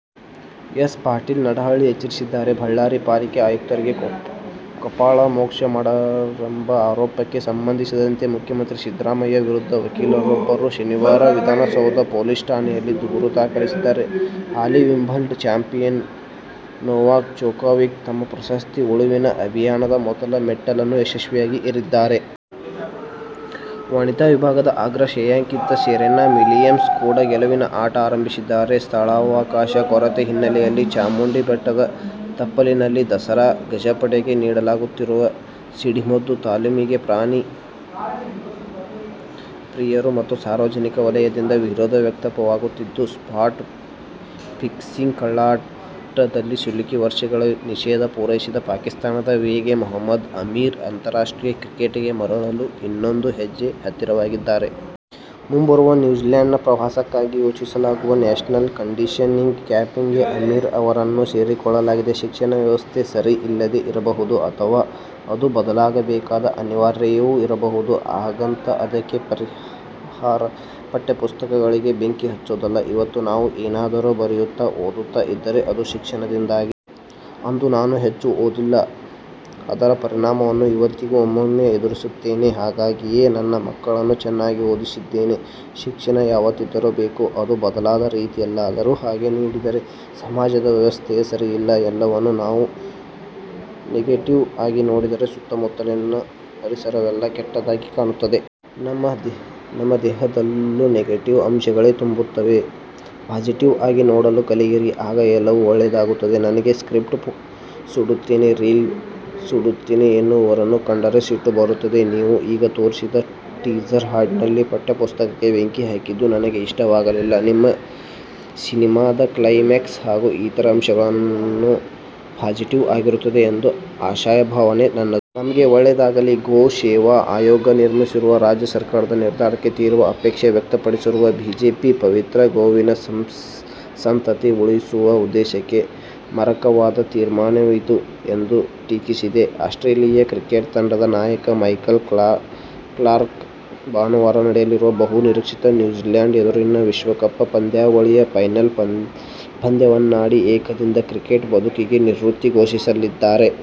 S. Patil Nadahalli ಎಚ್ಚರಿಸಿದ್ದಾರೆ. ಬಳ್ಳಾರಿ ಪಾಲಿಕೆ ಆಯುಕ್ತರಿಗೆ ಕಪಾಳಮೋಕ್ಷ ಮಾಡಿದ್ದಾರೆಂಬ ಆರೋಪಕ್ಕೆ ಸಂಬಂಧಿಸಿದಂತೆ ಮುಖ್ಯಮಂತ್ರಿ ಸಿದ್ದರಾಮಯ್ಯ ವಿರುದ್ಧ ವಕೀಲರೊಬ್ಬರು ಶನಿವಾರ ವಿಧಾನಸೌಧ ಪೊಲೀಸ್ ಠಾಣೆಯಲ್ಲಿ ದೂರು ದಾಖಲಿಸಿದ್ದಾರೆ. ಹಾಲಿ ವಿಂಬಲ್ಡನ್ ಚಾಂಪಿಯನ್ ನೊವಾಕ್ ಜೊಕೋವಿಕ್ ತಮ್ಮ ಪ್ರಶಸ್ತಿ ಉಳಿವಿನ ಅಭಿಯಾನದ ಮೊದಲ ಮೆಟ್ಟಿಲನ್ನು ಯಶಸ್ವಿಯಾಗಿ ಏರಿದ್ದಾರೆ. ವನಿತಾ ವಿಭಾಗದ ಅಗ್ರ ಶ್ರೇಯಾಂಕಿತೆ ಸೆರೆನಾ ವಿಲಿಯಮ್ಸ್ ಕೂಡ ಗೆಲುವಿನ ಆಟ ಆರಂಭಿಸಿದ್ದಾರೆ. ಸ್ಥಳಾವಕಾಶ ಕೊರತೆ ಹಿನ್ನೆಲೆಯಲ್ಲಿ ಚಾಮುಂಡಿ ಬೆಟ್ಟದ ತಪ್ಪಲಿನಲ್ಲಿ ದಸರಾ ಗಜಪಡೆಗೆ ನೀಡಲಾಗುತ್ತಿರುವ ಸಿಡಿಮದ್ದು ತಾಲೀಮಿಗೆ ಪ್ರಾಣಿ ಪ್ರಿಯರು ಮತ್ತು ಸಾರ್ವಜನಿಕ ವಲಯದಿಂದ ವಿರೋಧ ವ್ಯಕ್ತವಾಗುತ್ತಿದೆ. ಸ್ಪಾಟ್ ಫಿಕ್ಸಿಂಗ್ ಕಳ್ಳಾಟದಲ್ಲಿ ಸಿಲುಕಿ ವರ್ಷಗಳ ನಿಷೇಧ ಪೂರೈಸಿದ ಪಾಕಿಸ್ಥಾನದ ವೇಗಿ ಮೊಹಮ್ಮದ್ ಆಮೀರ್ ಅಂತಾರಾಷ್ಟ್ರೀಯ ಕ್ರಿಕೆಟಿಗೆ ಮರಳಲು ಇನ್ನೊಂದು ಹೆಜ್ಜೆ ಹತ್ತಿರವಾಗಿದ್ದಾರೆ. ಮುಂಬರುವ ನ್ಯೂಜಿಲ್ಯಾಂಡ್ ಪ್ರವಾಸಕ್ಕಾಗಿ ಆಯೋಜಿಸಲಾಗುವ "ನ್ಯಾಶನಲ್ ಕಂಡೀಷನಿಂಗ್ ಕ್ಯಾಂಪ್'ಗೆ ಆಮೀರ್ ಅವರನ್ನೂ ಸೇರಿಸಿಕೊಳ್ಳಲಾಗಿದೆ. "ಶಿಕ್ಷಣ ವ್ಯವಸ್ಥೆ ಸರಿ ಇಲ್ಲದೇ ಇರಬಹುದು ಅಥವಾ ಅದು ಬದಲಾಗಬೇಕಾದ ಅನಿವಾರ್ಯತೆಯೂ ಇರಬಹುದು. ಹಾಗಂತ ಅದಕ್ಕೆ ಪರಿಹಾರ ಪಠ್ಯಪುಸ್ತಕಗಳಿಗೆ ಬೆಂಕಿ ಹಚ್ಚೋದಲ್ಲ. ಇವತ್ತು ನಾವು ಏನಾದರೂ ಬರೆಯುತ್ತಾ, ಓದುತ್ತಾ ಇದ್ದರೆ ಅದು ಶಿಕ್ಷಣದಿಂದಾಗಿ. ಅಂದು ನಾನು ಹೆಚ್ಚು ಓದಿಲ್ಲ. ಅದರ ಪರಿಣಾಮನ್ನು ಇವತ್ತಿಗೂ ಒಮ್ಮೊಮ್ಮೆ ಎದುರಿಸುತ್ತೇನೆ. ಹಾಗಾಗಿಯೇ ನನ್ನ ಮಕ್ಕಳನ್ನು ಚೆನ್ನಾಗಿ ಓದಿಸಿದ್ದೇನೆ. ಶಿಕ್ಷಣ ಯಾವತ್ತಿದ್ದರೂ ಬೇಕು. ಅದು ಬದಲಾದ ರೀತಿಯಲ್ಲಾದರೂ. ಹಾಗೆ ನೋಡಿದರೆ ಸಮಾಜದ ವ್ಯವಸ್ಥೆಯೇ ಸರಿಯಿಲ್ಲ. ಎಲ್ಲವನ್ನು ನಾವು ನೆಗೆಟಿವ್ ಆಗಿ ನೋಡಿದರೆ ಸುತ್ತಮುತ್ತಲಿನ ಪರಿಸರವೆಲ್ಲ ಕೆಟ್ಟದಾಗಿ ಕಾಣುತ್ತದೆ. ನಮ್ಮ ದೇಹದಲ್ಲೂ ನೆಗೆಟಿವ್ ಅಂಶಗಳೇ ತುಂಬುತ್ತವೆ. ಪಾಸಿಟಿವ್ ಆಗಿ ನೋಡಲು ಕಲಿಯಿರಿ. ಆಗ ಎಲ್ಲವೂ ಒಳ್ಳೆಯದಾಗುತ್ತದೆ. ನನಗೆ ಸ್ಕ್ರಿಪ್ಟ್ ಸುಡುತ್ತೇನೆ, ರೀಲ್ ಸುಡುತ್ತೇನೆ ಎನ್ನುವವರನ್ನು ಕಂಡರೆ ಸಿಟ್ಟು ಬರುತ್ತದೆ. ನೀವು ಈಗ ತೋರಿಸಿದ ಟೀಸರ್, ಹಾಡಿನಲ್ಲಿ ಪಠ್ಯಪುಸ್ತಕಕ್ಕೆ ಬೆಂಕಿ ಹಾಕಿದ್ದು ನನಗೆ ಇಷ್ಟವಾಗಲಿಲ್ಲ. ನಿಮ್ಮ ಸಿನಿಮಾದ ಕ್ಲೈಮ್ಯಾಕ್ಸ್ ಹಾಗೂ ಇತರ ಅಂಶಗಳು ಪಾಸಿಟಿವ್ ಆಗಿರುತ್ತದೆ ಎಂಬ ಆಶಾಭಾವನೆ ನನ್ನದು. ನಿಮಗೆ ಒಳ್ಳೆಯದಾಗಲಿ' ಗೋ ಸೇವಾ ಆಯೋಗ ವಿಸರ್ಜಿಸುವ ರಾಜ್ಯ ಸರ್ಕಾರದ ನಿರ್ಧಾರಕ್ಕೆ ತೀವ್ರ ಆಕ್ಷೇಪ ವ್ಯಕ್ತಪಡಿಸಿರುವ ಬಿಜೆಪಿ, ಪವಿತ್ರ ಗೋವಿನ ಸಂತತಿ ಉಳಿಸುವ ಉದ್ದೇಶಕ್ಕೆ ಮಾರಕವಾದ ತೀರ್ಮಾನವಿದು ಎಂದು ಟೀಕಿಸಿದೆ. ಆಸ್ಟ್ರೇಲಿಯಾ ಕ್ರಿಕೆಟ್ ತಂಡದ ನಾಯಕ ಮೈಕಲ್ ಕ್ಲಾರ್ಕ್ ಭಾನುವಾರ ನಡೆಯಲಿರುವ ಬಹು ನಿರೀಕ್ಷಿತ ನ್ಯೂಜಿಲ್ಯಾಂಡ್ ಎದುರಿನ ವಿಶ್ವಕಪ್ ಪಂದ್ಯಾವಳಿಯ ಫೈನಲ್ ಪಂದ್ಯವನ್ನಾಡಿ ಏಕದಿನ ಕ್ರಿಕೆಟ್ ಬದುಕಿಗೆ ನಿವೃತ್ತಿ ಘೋಷಿಸಲಿದ್ದಾರೆ.